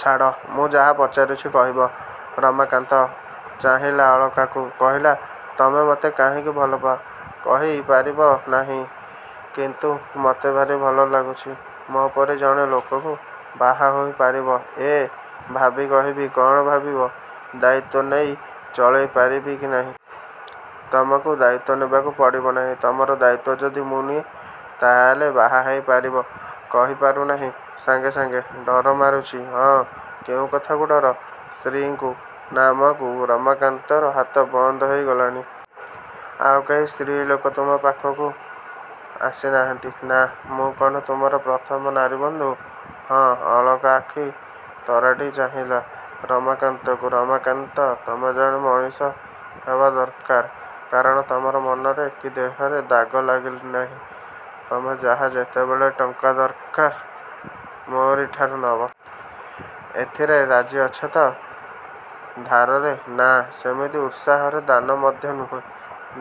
ଛାଡ଼। ମୁଁ ଯାହା ପଚାରୁଛି କହିବ। –ରମାକାନ୍ତ ଚାହିଁଲା ଅଳକାକୁ। –କହିଲା–ତମେ ମତେ କାହିଁକି ଭଲପାଅ? –କହି ପାରିବ ନାହିଁ; କିନ୍ତୁ ମତେ ଭାରି ଭଲ ଲାଗୁଛି। –ମୋ ପରି ଜଣେ ଲୋକକୁ ବାହା ହୋଇ ପାରିବ? –ଏଁ?... ଭାବି କହିବି। –କ'ଣ ଭାବିବ? –ଦାୟିତ୍ୱ ନେଇ ଚଳେଇ ପାରିବି କି ନାହିଁ? –ତୁମକୁ ଦାୟିତ୍ୱ ନେବାକୁ ପଡ଼ିବ ନାହିଁ। ତମର ଦାୟିତ୍ୱ ଯଦି ମୁଁ ନିଏ, ତାହାହେଲେ ବାହା ହେଇ ପାରିବ? –କହି ପାରୁ ନାହିଁ ସାଙ୍ଗେ ସାଙ୍ଗେ। –ଡର ମାଡ଼ୁଛି? –ହଁ। –କେଉଁ କଥାକୁ ଡର? ସ୍ତ୍ରୀଙ୍କୁ? –ନା ଆମକୁ? ରମାକାନ୍ତର ହାତ ବନ୍ଦ ହେଇ ଗଲାଣି। ଆଉ କେହି ସ୍ତ୍ରୀ ଲୋକ ତୁମ ପାଖକୁ ଆସି ନାହାଁନ୍ତି। –ନା। –ମୁଁ କ'ଣ ତୁମର ପ୍ରଥମ ନାରୀବନ୍ଧୁ? –ହଁ। ଅଳକା ଆଖି ତରାଟି ଚାହିଁଲା–ରମାକାନ୍ତକୁ। –ରମାକାନ୍ତ, ତମେ ଜଣେ ମଣିଷ ହେବା ଦରକାର। କାରଣ ତମର ମନରେ କି ଦେହରେ ଦାଗ ଲାଗିନାହିଁ। ତମେ ଯାହା ଯେତେବେଳେ ଟଙ୍କା ଦରକାର, ମୋ'ରିଠାରୁ ନବ। ଏଥିରେ ରାଜି ଅଛ ତ? –ଧାରରେ। –ନା, ସେମିତି ଉତ୍ସାହରେ–ଦାନ ମଧ୍ୟ ନୁହେଁ।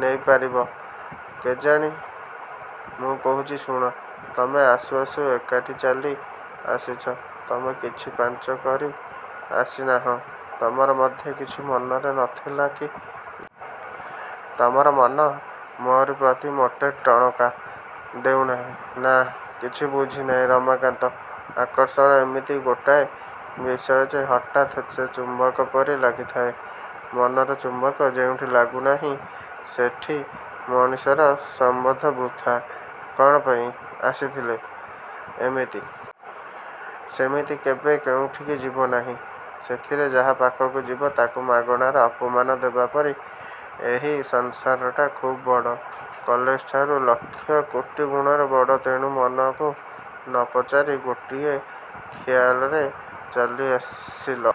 ନେଇ ପାରିବ? –କେଜାଣି? –ମୁଁ କହୁଛି ଶୁଣ। ତମେ ଆସୁ ଆସୁ ଏଠିକି ଚାଲି ଆସିଛ। ତମେ କିଛି ପାଞ୍ଚ କରି ଆସି ନାହଁ। ତମର ମଧ୍ୟ କିଛି ମନରେ ନ ଥିଲା କି ନାହିଁ। ତମର ମନ ମୋରି ପ୍ରତି ମୋଟେ ଟଣକା ଦେଉନାହିଁ। –ନା। –କିଛି ବୁଝିନାହିଁ ରମାକାନ୍ତ। ଆକର୍ଷଣ ଏମିତି ଗୋଟାଏ ବିଷୟ ଯେ ହଠାତ୍ ସେ ଚୁମ୍ବକ ପରି ଲାଗିଯାଏ। ମନର ଚୁମ୍ବକ ଯେଉଁଠି ଲାଗୁନାହିଁ ସେଠି ମଣିଷର ସମ୍ବନ୍ଧ ବୃଥା।... କ'ଣ ପାଇଁ ଆସିଥିଲ? –ଏମିତି। –ସେମିତି କେବେ କେଉଁଠିକି ଯିବନାହିଁ। ସେଥିରେ ଯାହା ପାଖକୁ ଯିବ ତା'କୁ ମାଗଣାରେ ଅପମାନ ଦେବା ପରି। ଏଇ ସଂସାରଟା ଖୁବ୍ ବଡ଼। କଲେଜଠାରୁ ଲକ୍ଷ କୋଟି ଗୁଣରେ ବଡ଼। ତେଣୁ ମନକୁ ନ ପଚାରି ଗୋଟିଏ ଖିଆଲରେ ଚାଲି ଆସିଲ।